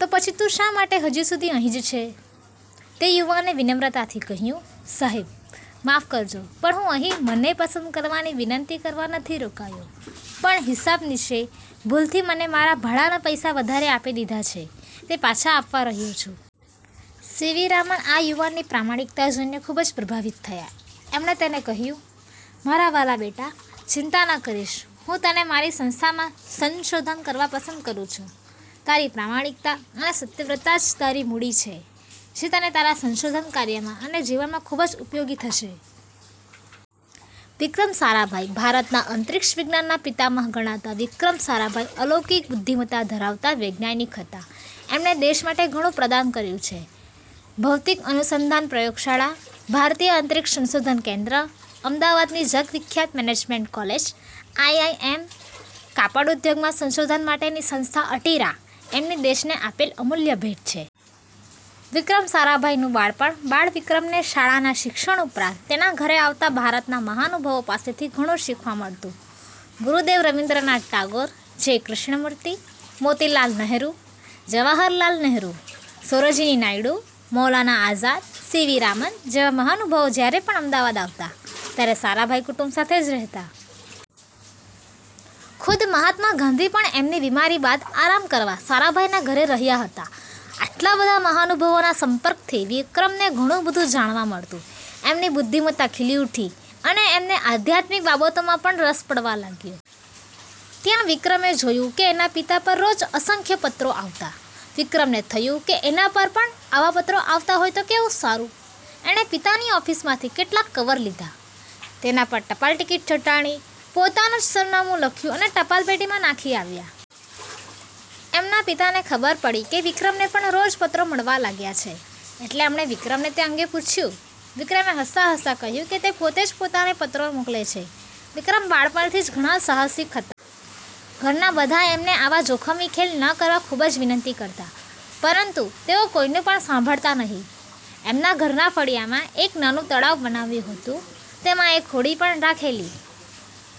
તો પછી તું શા માટે હજી સુધી અહીં જ છે? " તે યુવાને વિનમ્રતાથી કહ્યું, "સાહેબ, માફ કરજો પણ હું અહીં મને પસંદ કરવાની વિનંતી કરવા નથી રોકાયો. પણ હિસાબનીશે ભૂલથી મને મારા ભાડાના પૈસા વધારે આપી દીધા છે તે પાછા આપવા રહ્યો છું. " સી. વી. રામન આ યુવાનની પ્રામાણિકતા જોઈને ખુબ જ પ્રભાવિત થયા. એમણે તેને કહ્યું, "મારા વહાલા બેટા, ચિંતા ન કરીશ. હું તને મારી સંસ્થામાં સંશોધન કરવા પસંદ કરું છું. તારી પ્રામાણિકતા અને સત્યવ્રતા જ તારી મૂડી છે જે તને તારા સંશોધન કાર્યમાં અને જીવનમાં ખુબ જ ઉપયોગી થશે. " વિક્રમ સારાભાઈ ભારતના અંતરિક્ષ વિજ્ઞાનના પિતામહ ગણાતા વિક્રમ સારાભાઈ અલૌકિક બુદ્ધિમતા ધરાવતા વૈજ્ઞાનિક હતા. એમણે દેશ માટે ઘણું પ્રદાન કર્યું છે – ભૌતિક અનુસંધાન પ્રયોગશાળા, ભારતીય અંતરિક્ષ સંશોધન કેન્દ્ર, અમદાવાદની જગ વિખ્યાત મેનેજમેન્ટ કોલેજ આઈઆઈ એમ, કાપડ ઉદ્યોગમાં સંશોધન માટેની સંસ્થા અટીરા એમની દેશને આપેલ અમૂલ્ય ભેટ છે. વિક્રમ સારાભાઈનું બાળપણ બાળ વિક્રમને શાળાના શિક્ષણ ઉપરાંત તેના ઘરે આવતા ભારતના મહાનુભાવો પાસેથી ઘણું શીખવા મળતું. ગુરુદેવ Rabindranath Tagore, J. Krishnamurti, Motilal Nehru, Jawaharlal Nehru, Sarojini Naidu, Maulana Azad, C V Raman જેવા મહાનુભાવો જયારે પણ અમદાવાદ આવતા ત્યારે સારાભાઈ કુટુંબ સાથે જ રહેતા. ખુદ મહાત્મા ગાંધી પણ એમની બીમારી બાદ આરામ કરવા સારાભાઈના ઘરે રહ્યા હતા. આટલા બધા મહાનુભાવોના સંપર્કથી વિક્રમને ઘણું બધું જાણવા મળતું. એમની બુદ્ધિમતા ખીલી ઉઠી અને એમને આધ્યાત્મિક બાબતોમાં પણ રસ પડવા લાગ્યો. ત્યાં વિક્રમે જોયું કે એના પિતા પર રોજ અસંખ્ય પત્રો આવતા. વિક્રમને થયું કે એના પર પણ આવા પત્રો આવતા હોય તો કેવું સારું? એણે પિતાની ઓફિસમાંથી કેટલાક કવર લીધા, તેના પર ટપાલટીકીટ ચોંટાડી, પોતાનું જ સરનામું લખ્યું અને ટપાલપેટીમાં નાંખી આવ્યા. એમના પિતાને ખબર પડી કે વિક્રમને પણ રોજ પત્રો મળવા લાગ્યા છે એટલે એમણે વિક્રમને તે અંગે પૂછ્યું. વિક્રમે હસતાં હસતાં કહ્યું કે તે પોતે જ પોતાને પત્રો મોકલે છે. વિક્રમ બાળપણથી જ ઘણા સાહસિક હતા. ઘરના બધા એમને આવા જોખમી ખેલ ન કરવા ખુબ જ વિનંતી કરતા પરંતુ તેઓ કોઈનું પણ સાંભળતા નહિ. એમના ઘરના ફળિયામાં એક નાનું તળાવ બનાવ્યું હતું. તેમાં એક હોડી પણ રાખેલી.